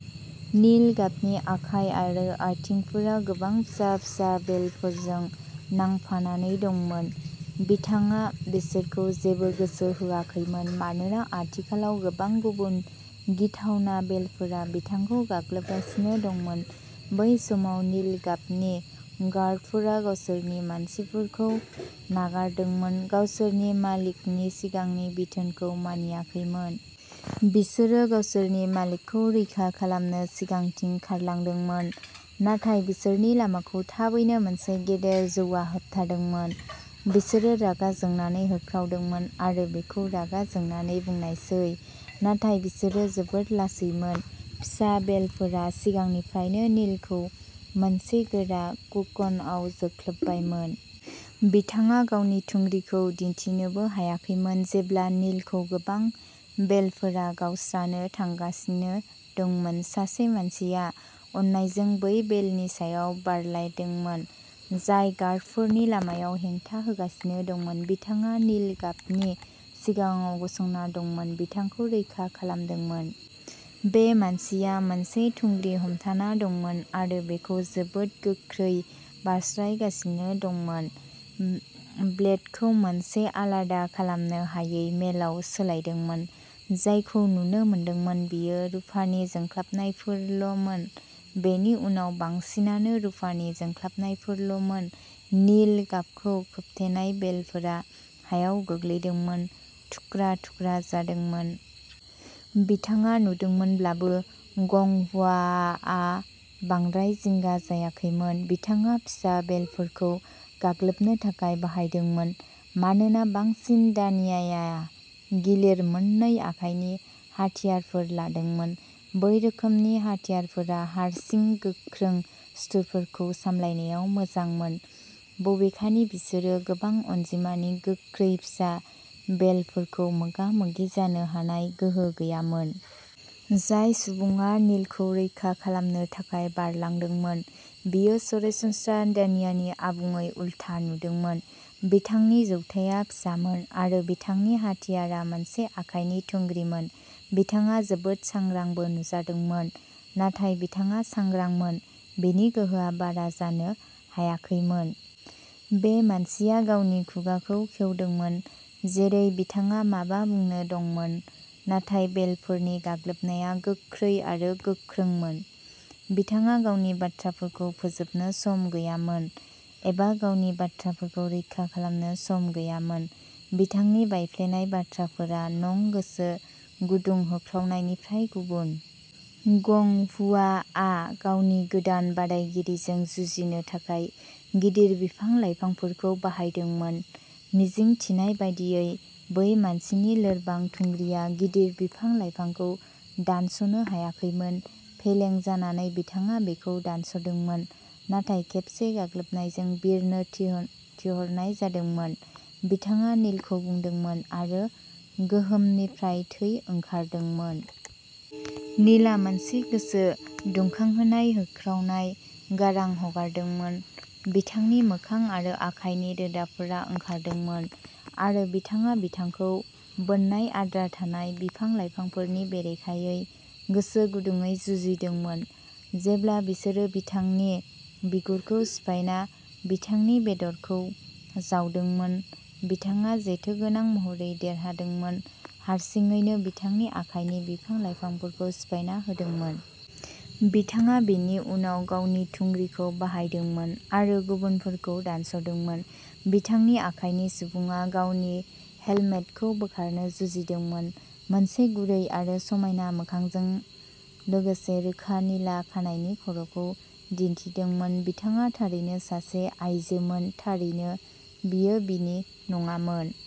नील गाबनि आखाइ आरो आथिंफोरा गोबां फिसा-फिसा बेलफोरजों नांफानानै दंमोन। बिथाङा बिसोरखौ जेबो गोसो होआखैमोन, मानोना आथिखालाव गोबां गुबुन गिथावना बेलफोरा बिथांखौ गाग्लोबगासिनो दंमोन। बै समाव, नील गाबनि गार्डफोरा गावसोरनि मासिफोरखौ नागारदोंमोन, गावसोरनि मालिकनि सिगांनि बिथोनखौ मानियाखैमोन। बिसोरो गावसोरनि मालिकखौ रैखा खालामनो सिगांथिं खारलांदोंमोन, नाथाय बिसोरनि लामाखौ थाबैनो मोनसे गिदिर जौआ होबथादोंमोन। बिसोरो रागा जोंनानै होख्रावदोंमोन, आरो बेखौ रागा जोंनानै बुनायसै। नाथाय बिसोरो जोबोद लासैमोन फिसा बेलफोरा सिगांनिफ्रायनो नीलखौ मोनसे गोरा ककुनआव जोख्लोबबायमोन। बिथाङा गावनि थुंग्रिखौ दिन्थिनोबो हायाखैमोन। जेब्ला नीलखौ गोबां बेलफोरा गावस्रानो थांगासिनो दंमोन, सासे मानसिया अननायजों बै बेलनि सायाव बारलांदोंमोन जाय गार्डफोरनि लामायाव हेंथा होगासिनो दंमोन। बिथाङा नील गाबनि सिगाङाव गसंना दंमोन, बिथांखौ रैखा खालामदोंमोन। बे मानसिया मोनसे थुंग्रि हमथाना दंमोन, आरो बेखौ जोबोद गोख्रै बारस्लायगासिनो दंमोन, ब्लेडखौ मोनसे आलादा खालामनो हायै मोलेआव सोलायदोंमोन। जायखौ नुनो मोनदोंमोन बेयो रुफानि जोंख्लाबनायफोरल'मोन। बेनि उनाव, बांसिनानो रुफानि जोंख्लाबनायफोरल'मोन। नील गाबखौ खोबथेनाय बेलफोरा हायाव गोग्लैदोंमोन, थुख्रा-थुख्रा जादोंमोन। बिथाङा नुदोंमोनब्लाबो, गं हुआआ बांद्राय जिंगा जायाखैमोन। बिथाङा फिसा बेलफोरखौ गाग्लोबनो थाखाय बाहायदोंमोन मानोना बांसिन दानियाया गिलिर मोन्नै आखाइनि हाथियारफोर लादोंमोन। बै रोखोमनि हाथियारफोरा हारसिं, गोख्रों सुथुरफोरखौ सामलायनायाव मोजांमोन। बबेखानि, बिसोरो गोबां अनजिमानि गोख्रै फिसा बेलफोरखौ मोगा-मोगि जानो हानाय गोहो गैयामोन। जाय सुबुङा नीलखौ रैखा खालामनो थाखाय बारलांदोंमोन, बियो सरासनस्रा दानियानि आबुङै उल्था नुदोंमोन। बिथांनि जौथाया फिसामोन, आरो बिथांनि हाथियारआ मोनसे आखाइनि थुंग्रिमोन। बिथाङा जोबोद सांग्रांबो नुजादोंमोन। नाथाय बिथाङा सांग्रांमोन, बिनि गोहोआ बारा जानो हायाखैमोन। बे मानसिया गावनि खुगाखौ खेवदोंमोन, जेरै बिथाङा माबा बुंनो दंमोन। नाथाय बेलफोरनि गाग्लोबनाया गोख्रै आरो गोख्रोंमोन। बिथाङा गावनि बाथ्राफोरखौ फोजोबनो सम गैयामोन, एबा गावनि बाथ्राफोरखौ रोखा खालामनो सम गैयामोन। बिथांनि बायफ्लेनाय बाथ्राफोरा नं गोसो गुदुं होख्रावनायनिफ्राय गुबुन। गं हुआआ गावनि गोदान बादायगिरिजों जुजिनो थाखाय गिदिर बिफां-लाइफांफोरखौ बाहायदोंमोन। मिजिं थिनाय बायदियै, बै मानसिनि लोरबां थुंग्रिआ गिदिर बिफां-लाइफांखौ दानस'नो हायाखैमोन। फेलें जानानै बिथाङा बेखौ दानस'दोंमोन। नाथाय खेबसे गाग्लोबनायजों बिरनो थिनहरनाय जादोंमोन। बिथाङा नीलखौ बुदोंमोन, आरो गोहोमनिफ्राय थै ओंखारदोंमोन। नीलआ मोनसे गोसो दुंखांहोनाय होख्रावनाय गारां हगारदोंमोन। बिथांनि मोखां आरो आखाइनि रोदाफोरा ओंखारदोंमोन, आरो बिथाङा बिथांखौ बोननाय आद्रा थानाय बिफां-लाइफांफोरनि बेरेखायै गोसो गुदुंयै जुजिदोंमोन। जेब्ला बिसोरो बिथांनि बिगुरखौ सिफायना बिथांनि बेदरखौ जावदोंमोन, बिथाङा जेथोगोनां महरै देरहादोंमोन। हारसिङैनो बिथांनि आखाइनि बिफां-लाइफांफोरखौ सिफायना होदोंमोन। बिथाङा बिनि उनाव गावनि थुंग्रिखौ बाहायदोंमोन आरो गुबुनफोरखौ दानस'दोंमोन। बिथांनि आखाइनि सुबुङा गावनि हेलमेटखौ बोखारनो जुजिदोंमोन। मोनसे गुरै आरो समायना मोखांजों लोगोसे रोखा निला खानाइनि खर'खौ दिन्थिदोंमोन बिथाङा थारैनो सासे आइजोमोन थारैनो, बियो बिनि नङामोन।